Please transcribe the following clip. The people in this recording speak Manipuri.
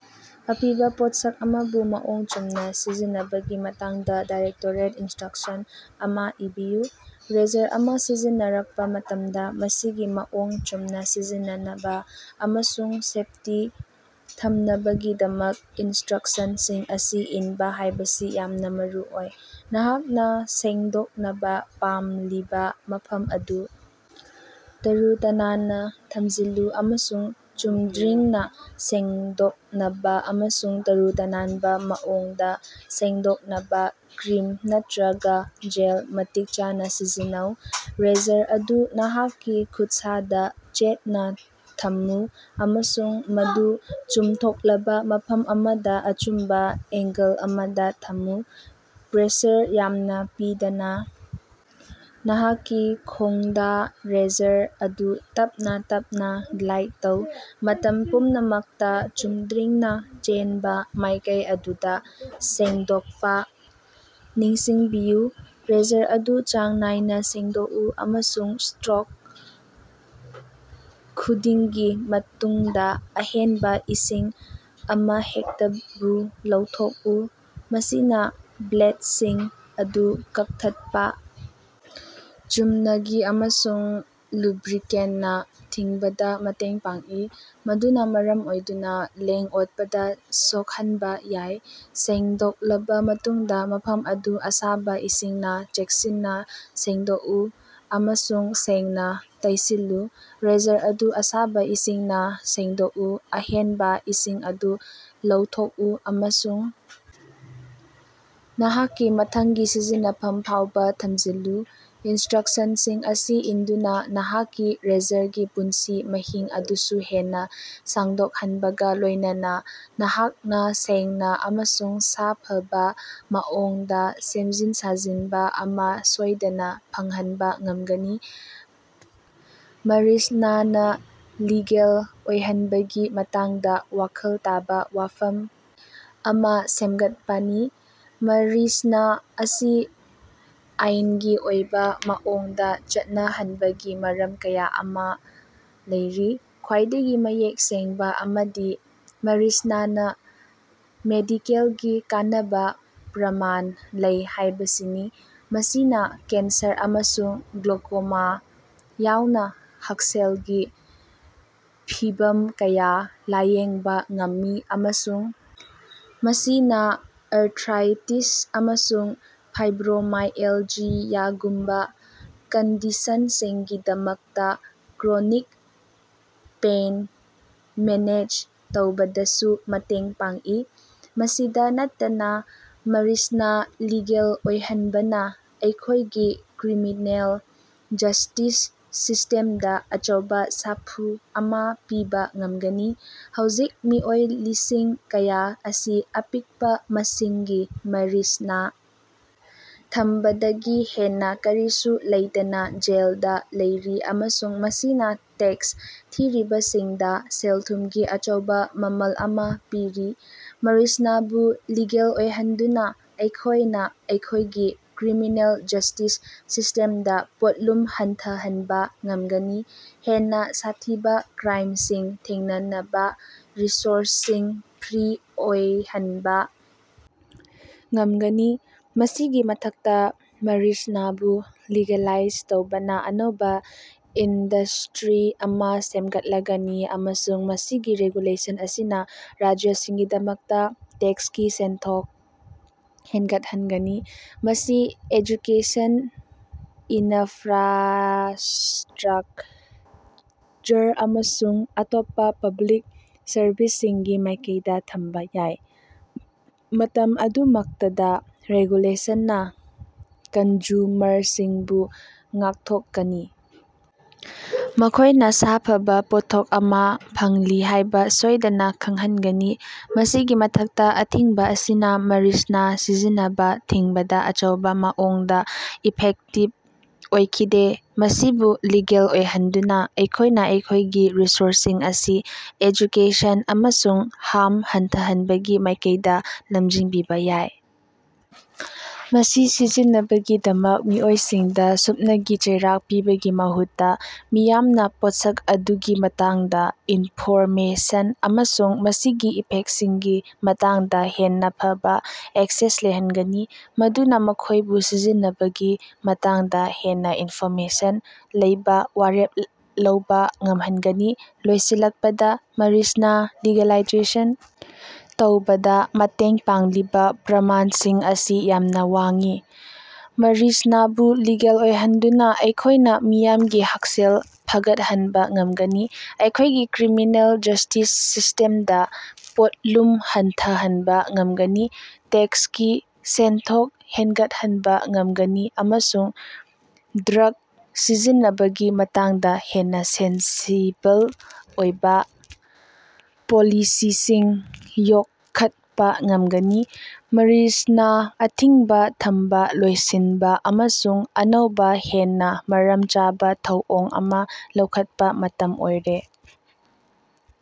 ꯑꯄꯤꯕꯥ ꯄꯣꯠꯁꯛ ꯑꯃꯕꯨ ꯃꯑꯣꯡ ꯆꯨꯝꯅꯥ ꯁꯤꯖꯤꯟꯅꯕꯒꯤ ꯃꯇꯥꯡꯗꯥ ꯗꯥꯏꯔꯦꯛꯇꯣꯔꯦꯠ ꯏꯟꯁꯇ꯭ꯔꯛꯁꯟ ꯑꯃꯥ ꯏꯕꯤꯌꯨ꯫ ꯔꯦꯖꯔ ꯑꯃꯥ ꯁꯤꯖꯤꯟꯅꯔꯛꯄꯥ ꯃꯇꯝꯗꯥ, ꯃꯁꯤꯒꯤ ꯃꯑꯣꯡ ꯆꯨꯝꯅꯥ ꯁꯤꯖꯤꯟꯅꯅꯕꯥ ꯑꯃꯁꯨꯡ ꯁꯦꯞꯇꯤ ꯊꯝꯅꯕꯒꯤꯗꯃꯛ ꯏꯟꯁꯇ꯭ꯔꯛꯁꯟꯁꯤꯡ ꯑꯁꯤ ꯏꯟꯕꯥ ꯍꯥꯏꯕꯁꯤ ꯌꯥꯝꯅꯥ ꯃꯔꯨꯑꯣꯏ꯫ ꯅꯍꯥꯛꯅꯥ ꯁꯦꯡꯗꯣꯛꯅꯕꯥ ꯄꯥꯝꯂꯤꯕꯥ ꯃꯐꯝ ꯑꯗꯨ ꯇꯔꯨ-ꯇꯅꯥꯟꯅꯥ ꯊꯝꯖꯤꯜꯂꯨ ꯑꯃꯁꯨꯡ ꯆꯨꯝꯗ꯭ꯔꯤꯡꯅꯥ ꯁꯦꯡꯗꯣꯛꯅꯕꯥ ꯑꯃꯁꯨꯡ ꯇꯔꯨ-ꯇꯅꯥꯟꯕꯥ ꯃꯑꯣꯡꯗꯥ ꯁꯦꯡꯗꯣꯛꯅꯕꯥ ꯀ꯭ꯔꯤꯝ ꯅꯠꯇ꯭ꯔꯒꯥ ꯖꯦꯜ ꯃꯇꯤꯛ ꯆꯥꯅꯥ ꯁꯤꯖꯤꯟꯅꯧ꯫ ꯔꯦꯖꯔ ꯑꯗꯨ ꯅꯍꯥꯛꯀꯤ ꯈꯨꯠꯁꯥꯗꯥ ꯆꯦꯠꯅꯥ ꯊꯝꯃꯨ ꯑꯃꯁꯨꯡ ꯃꯗꯨ ꯆꯨꯝꯊꯣꯛꯂꯕꯥ ꯃꯐꯝ ꯑꯃꯗꯥ ꯑꯆꯨꯝꯕꯥ ꯑꯦꯡꯒꯜ ꯑꯃꯗꯥ ꯊꯝꯃꯨ꯫ ꯄ꯭ꯔꯦꯁꯔ ꯌꯥꯝꯅꯥ ꯄꯤꯗꯅꯥ ꯅꯍꯥꯛꯀꯤ ꯈꯣꯡꯗꯥ ꯔꯦꯖꯔ ꯑꯗꯨ ꯇꯞꯅꯥ ꯇꯞꯅꯥ ꯒ꯭ꯂꯥꯏꯗ ꯇꯧ꯫ ꯃꯇꯝ ꯄꯨꯝꯅꯃꯛꯇꯥ ꯆꯨꯝꯗ꯭ꯔꯤꯡꯅꯥ ꯆꯦꯟꯕꯥ ꯃꯥꯏꯀꯩ ꯑꯗꯨꯗꯥ ꯁꯦꯡꯗꯣꯛꯄꯥ ꯅꯤꯡꯁꯤꯡꯕꯤꯌꯨ꯫ ꯔꯦꯖꯔ ꯑꯗꯨ ꯆꯥꯡ ꯅꯥꯏꯅꯥ ꯁꯦꯡꯗꯣꯛꯎ ꯑꯃꯁꯨꯡ ꯁ꯭ꯇꯔꯣꯛ ꯈꯨꯗꯤꯡꯒꯤ ꯃꯇꯨꯡꯗꯥ ꯑꯍꯦꯟꯕꯥ ꯏꯁꯤꯡ ꯑꯃꯍꯦꯛꯇꯕꯨ ꯂꯧꯊꯣꯛꯎ꯫ ꯃꯁꯤꯅꯥ ꯕ꯭ꯂꯦꯠꯁꯤꯡ ꯑꯗꯨ ꯀꯛꯊꯠꯄꯥ ꯆꯨꯝꯅꯒꯤ ꯑꯃꯁꯨꯡ ꯂꯨꯕ꯭ꯔꯤꯀꯦꯟꯅꯥ ꯊꯤꯡꯕꯗꯥ ꯃꯇꯦꯡ ꯄꯥꯡꯏ, ꯃꯗꯨꯅꯥ ꯃꯔꯝ ꯑꯣꯏꯗꯨꯅꯥ ꯂꯦꯡ-ꯑꯣꯠꯄꯗꯥ ꯁꯣꯛꯍꯟꯕꯥ ꯌꯥꯏ꯫ ꯁꯦꯡꯗꯣꯛꯂꯕꯥ ꯃꯇꯨꯡꯗꯥ, ꯃꯐꯝ ꯑꯗꯨ ꯑꯁꯥꯕꯥ ꯏꯁꯤꯡꯅꯥ ꯆꯦꯛꯁꯤꯟꯅꯥ ꯁꯦꯡꯗꯣꯛꯎ ꯑꯃꯁꯨꯡ ꯁꯦꯡꯅꯥ ꯇꯩꯁꯤꯜꯂꯨ꯫ ꯔꯦꯖꯔ ꯑꯗꯨ ꯑꯁꯥꯕꯥ ꯏꯁꯤꯡꯅꯥ ꯁꯦꯡꯗꯣꯛꯎ, ꯑꯍꯦꯟꯕꯥ ꯏꯁꯤꯡ ꯑꯗꯨ ꯂꯧꯊꯣꯛꯎ ꯑꯃꯁꯨꯡ ꯅꯍꯥꯛꯀꯤ ꯃꯊꯪꯒꯤ ꯁꯤꯖꯤꯟꯅꯐꯝ ꯐꯥꯎꯕꯥ ꯊꯝꯖꯤꯜꯂꯨ꯫ ꯏꯟꯁꯇ꯭ꯔꯛꯁꯟꯁꯤꯡ ꯑꯁꯤ ꯏꯟꯗꯨꯅꯥ, ꯅꯍꯥꯛꯀꯤ ꯔꯦꯖꯔꯒꯤ ꯄꯨꯟꯁꯤ ꯃꯍꯤꯡ ꯑꯗꯨꯁꯨ ꯍꯦꯟꯅꯥ ꯁꯥꯡꯗꯣꯛꯍꯟꯕꯒꯥ ꯂꯣꯏꯅꯅꯥ ꯅꯍꯥꯛꯅꯥ ꯁꯦꯡꯅꯥ ꯑꯃꯁꯨꯡ ꯁꯥꯐꯕꯥ ꯃꯑꯣꯡꯗꯥ ꯁꯦꯝꯖꯤꯟ-ꯁꯥꯖꯤꯟꯕꯥ ꯑꯃꯥ ꯁꯣꯏꯗꯅꯥ ꯐꯪꯍꯟꯕꯥ ꯉꯝꯒꯅꯤ꯫ ꯃꯔꯤꯖꯅꯥꯅ ꯂꯤꯒꯦꯜ ꯑꯣꯏꯍꯟꯕꯒꯤ ꯃꯇꯥꯡꯗꯥ ꯋꯥꯈꯜ ꯇꯥꯕꯥ ꯋꯥꯐꯝ ꯑꯃꯥ ꯁꯦꯝꯒꯠꯄꯥꯅꯤ꯫ ꯃꯔꯤꯖꯅꯥ ꯑꯁꯤ ꯑꯥꯏꯟꯒꯤ ꯑꯣꯏꯕꯥ ꯃꯑꯣꯡꯗꯥ ꯆꯠꯅꯍꯟꯕꯒꯤ ꯃꯔꯝ ꯀꯌꯥ ꯑꯃꯥ ꯂꯩꯔꯤ꯫ ꯈ꯭ꯋꯥꯏꯗꯒꯤ ꯃꯌꯦꯛ ꯁꯦꯡꯕꯥ ꯑꯃꯗꯤ ꯃꯔꯤꯖꯅꯥꯅ ꯃꯦꯗꯤꯀꯦꯜꯒꯤ ꯀꯥꯟꯅꯕꯥ ꯄ꯭ꯔꯃꯥꯟ ꯂꯩ ꯍꯥꯏꯕꯁꯤꯅꯤ: ꯃꯁꯤꯅꯥ ꯀꯦꯟꯁꯔ ꯑꯃꯁꯨꯡ ꯒ꯭ꯂꯣꯀꯣꯃꯥ ꯌꯥꯎꯅꯥ ꯍꯛꯁꯦꯜꯒꯤ ꯐꯤꯚꯝ ꯀꯌꯥ ꯂꯥꯌꯦꯡꯕꯥ ꯉꯝꯃꯤ ꯑꯃꯁꯨꯡ ꯃꯁꯤꯅꯥ ꯑꯔꯊ꯭ꯔꯥꯏꯇꯤꯁ ꯑꯃꯁꯨꯡ ꯐꯥꯏꯕ꯭ꯔꯣꯃꯥꯏꯑꯦꯜꯖꯤꯌꯥꯒꯨꯝꯕꯥ ꯀꯟꯗꯤꯁꯟꯁꯤꯡꯒꯤꯗꯃꯛꯇꯥ ꯀ꯭ꯔꯣꯅꯤꯛ ꯄꯦꯏꯟ ꯃꯦꯅꯦꯖ ꯇꯧꯕꯗꯁꯨ ꯃꯇꯦꯡ ꯄꯥꯡꯏ꯫ ꯃꯁꯤꯗꯥ ꯅꯠꯇꯅꯥ, ꯃꯔꯤꯖꯅꯥ ꯂꯤꯒꯦꯜ ꯑꯣꯏꯍꯟꯕꯅꯥ ꯑꯩꯈꯣꯏꯒꯤ ꯀ꯭ꯔꯤꯃꯤꯅꯦꯜ ꯖꯁꯇꯤꯁ ꯁꯤꯁꯇꯦꯝꯗꯥ ꯑꯆꯧꯕꯥ ꯁꯥꯐꯨ ꯑꯃꯥ ꯄꯤꯕꯥ ꯉꯝꯒꯅꯤ꯫ ꯍꯧꯖꯤꯛ ꯃꯤꯑꯣꯏ ꯂꯤꯁꯤꯡ ꯀꯌꯥ ꯑꯁꯤ ꯑꯄꯤꯛꯄꯥ ꯃꯁꯤꯡꯒꯤ ꯃꯔꯤꯖꯅꯥ ꯊꯝꯕꯗꯒꯤ ꯍꯦꯟꯅꯥ ꯀꯔꯤꯁꯨ ꯂꯩꯇꯅꯥ ꯖꯦꯜꯗꯥ ꯂꯩꯔꯤ ꯑꯃꯁꯨꯡ ꯃꯁꯤꯅꯥ ꯇꯦꯛꯁ ꯊꯤꯔꯤꯕꯁꯤꯡꯗꯥ ꯁꯦꯜ-ꯊꯨꯝꯒꯤ ꯑꯆꯧꯕꯥ ꯃꯃꯜ ꯑꯃꯥ ꯄꯤꯔꯤ꯫ ꯃꯔꯤꯖꯅꯥꯕꯨ ꯂꯤꯒꯦꯜ ꯑꯣꯏꯍꯟꯗꯨꯅꯥ ꯑꯩꯈꯣꯏꯅꯥ ꯑꯩꯈꯣꯏꯒꯤ ꯀ꯭ꯔꯤꯃꯤꯅꯦꯜ ꯖꯁꯇꯤꯁ ꯁꯤꯁꯇꯦꯝꯗꯥ ꯄꯣꯠꯂꯨꯝ ꯍꯟꯊꯍꯟꯕꯥ ꯉꯝꯒꯅꯤ, ꯍꯦꯟꯅꯥ ꯁꯥꯊꯤꯕꯥ ꯀ꯭ꯔꯥꯏꯝꯁꯤꯡ ꯊꯦꯡꯅꯅꯕꯥ ꯔꯤꯁꯣꯔꯁꯁꯤꯡ ꯐ꯭ꯔꯤ ꯑꯣꯏꯍꯟꯕꯥ ꯉꯝꯒꯅꯤ꯫ ꯃꯁꯤꯒꯤ ꯃꯊꯛꯇꯥ, ꯃꯔꯤꯖꯅꯥꯕꯨ ꯂꯤꯒꯦꯂꯥꯏꯖ ꯇꯧꯕꯅꯥ ꯑꯅꯧꯕꯥ ꯏꯟꯗꯁꯇ꯭ꯔꯤ ꯑꯃꯥ ꯁꯦꯝꯒꯠꯂꯒꯅꯤ ꯑꯃꯁꯨꯡ ꯃꯁꯤꯒꯤ ꯔꯦꯒꯨꯂꯦꯁꯟ ꯑꯁꯤꯅꯥ ꯔꯥꯖ꯭ꯌꯁꯤꯡꯒꯤꯗꯃꯛꯇꯥ ꯇꯦꯛꯁꯀꯤ ꯁꯦꯟꯊꯣꯛ ꯍꯦꯟꯒꯠꯍꯟꯒꯅꯤ꯫ ꯃꯁꯤ ꯑꯦꯖꯨꯀꯦꯁꯟ, ꯏꯅꯐ꯭ꯔꯥꯁꯇ꯭ꯔꯛꯆꯔ ꯑꯃꯁꯨꯡ ꯑꯇꯣꯞꯄꯥ ꯄꯕ꯭ꯂꯤꯛ ꯁꯔꯕꯤꯁꯁꯤꯡꯒꯤ ꯃꯥꯏꯀꯩꯗꯥ ꯊꯝꯕꯥ ꯌꯥꯏ꯫ ꯃꯇꯝ ꯑꯗꯨꯃꯛꯇꯗꯥ, ꯔꯦꯒꯨꯂꯦꯁꯟꯅꯥ ꯀꯟꯖꯨꯃꯔꯁꯤꯡꯕꯨ ꯉꯥꯛꯊꯣꯛꯀꯅꯤ, ꯃꯈꯣꯏꯅꯥ ꯁꯥꯐꯕꯥ ꯄꯣꯠꯊꯣꯛ ꯑꯃꯥ ꯐꯪꯂꯤ ꯍꯥꯏꯕꯥ ꯁꯣꯏꯗꯅꯥ ꯈꯪꯍꯟꯒꯅꯤ꯫ ꯃꯁꯤꯒꯤ ꯃꯊꯛꯇꯥ, ꯑꯊꯤꯡꯕꯥ ꯑꯁꯤꯅꯥ ꯃꯔꯤꯖꯅꯥ ꯁꯤꯖꯤꯟꯅꯕꯥ ꯊꯤꯡꯕꯗꯥ ꯑꯆꯧꯕꯥ ꯃꯑꯣꯡꯗꯥ ꯏꯐꯦꯛꯇꯤꯕ ꯑꯣꯏꯈꯤꯗꯦ꯫ ꯃꯁꯤꯕꯨ ꯂꯤꯒꯦꯜ ꯑꯣꯏꯍꯟꯗꯨꯅꯥ ꯑꯩꯈꯣꯏꯅꯥ ꯑꯩꯈꯣꯏꯒꯤ ꯔꯤꯁꯣꯔꯁꯁꯤꯡ ꯑꯁꯤ ꯑꯦꯖꯨꯀꯦꯁꯟ ꯑꯃꯁꯨꯡ ꯍꯥꯝ ꯍꯟꯊꯍꯟꯕꯒꯤ ꯃꯥꯏꯀꯩꯗꯥ ꯂꯝꯖꯤꯡꯕꯤꯕꯥ ꯌꯥꯏ, ꯃꯁꯤ ꯁꯤꯖꯤꯟꯅꯕꯒꯤꯗꯃꯛ ꯃꯤꯑꯣꯏꯁꯤꯡꯗꯥ ꯁꯨꯞꯅꯒꯤ ꯆꯩꯔꯥꯛ ꯄꯤꯕꯒꯤ ꯃꯍꯨꯠꯇꯥ, ꯃꯤꯌꯥꯝꯅꯥ ꯄꯣꯠꯁꯛ ꯑꯗꯨꯒꯤ ꯃꯇꯥꯡꯗꯥ ꯏꯟꯐꯣꯔꯃꯦꯁꯟ ꯑꯃꯁꯨꯡ ꯃꯁꯤꯒꯤ ꯏꯐꯦꯛꯁꯤꯡꯒꯤ ꯃꯇꯥꯡꯗꯥ ꯍꯦꯟꯅꯥ ꯐꯕꯥ ꯑꯦꯛꯁꯦꯁ ꯂꯩꯍꯟꯒꯅꯤ, ꯃꯗꯨꯅꯥ ꯃꯈꯣꯏꯕꯨ ꯁꯤꯖꯤꯟꯅꯕꯒꯤ ꯃꯇꯥꯡꯗꯥ ꯍꯦꯟꯅꯥ ꯏꯟꯐꯣꯔꯃꯦꯁꯟ ꯂꯩꯕꯥ ꯋꯥꯔꯦꯞ ꯂꯧꯕꯥ ꯉꯝꯍꯟꯒꯅꯤ꯫ ꯂꯣꯏꯁꯤꯜꯂꯛꯄꯗꯥ, ꯃꯔꯤꯖꯅꯥ ꯂꯤꯒꯦꯂꯥꯏꯖꯦꯁꯟ ꯇꯧꯕꯗꯥ ꯃꯇꯦꯡ ꯄꯥꯡꯂꯤꯕꯥ ꯄ꯭ꯔꯃꯥꯟꯁꯤꯡ ꯑꯁꯤ ꯌꯥꯝꯅꯥ ꯋꯥꯡꯏ꯫ ꯃꯔꯤꯖꯅꯥꯕꯨ ꯂꯤꯒꯦꯜ ꯑꯣꯏꯍꯟꯗꯨꯅꯥ ꯑꯩꯈꯣꯏꯅꯥ ꯃꯤꯌꯥꯝꯒꯤ ꯍꯛꯁꯦꯜ ꯐꯒꯠꯍꯟꯕꯥ ꯉꯝꯒꯅꯤ, ꯑꯩꯈꯣꯏꯒꯤ ꯀ꯭ꯔꯤꯃꯤꯅꯦꯜ ꯖꯁꯇꯤꯁ ꯁꯤꯁꯇꯦꯝꯗꯥ ꯄꯣꯠꯂꯨꯝ ꯍꯟꯊꯍꯟꯕꯥ ꯉꯝꯒꯅꯤ, ꯇꯦꯛꯁꯀꯤ ꯁꯦꯟꯊꯣꯛ ꯍꯦꯟꯒꯠꯍꯟꯕꯥ ꯉꯝꯒꯅꯤ ꯑꯃꯁꯨꯡ ꯗ꯭ꯔꯒ ꯁꯤꯖꯤꯟꯅꯕꯒꯤ ꯃꯇꯥꯡꯗꯥ ꯍꯦꯟꯅꯥ ꯁꯦꯟꯁꯤꯕꯜ ꯑꯣꯏꯕꯥ ꯄꯣꯂꯤꯁꯤꯁꯤꯡ ꯌꯣꯛꯈꯠꯄꯥ ꯉꯝꯒꯅꯤ꯫ ꯃꯔꯤꯖꯅꯥ ꯑꯊꯤꯡꯕꯥ ꯊꯝꯕꯥ ꯂꯣꯏꯁꯤꯟꯕꯥ ꯑꯃꯁꯨꯡ ꯑꯅꯧꯕꯥ ꯍꯦꯟꯅꯥ ꯃꯔꯝ ꯆꯥꯕꯥ ꯊꯧꯑꯣꯡ ꯑꯃꯥ ꯂꯧꯈꯠꯄꯥ ꯃꯇꯝ ꯑꯣꯏꯔꯦ꯫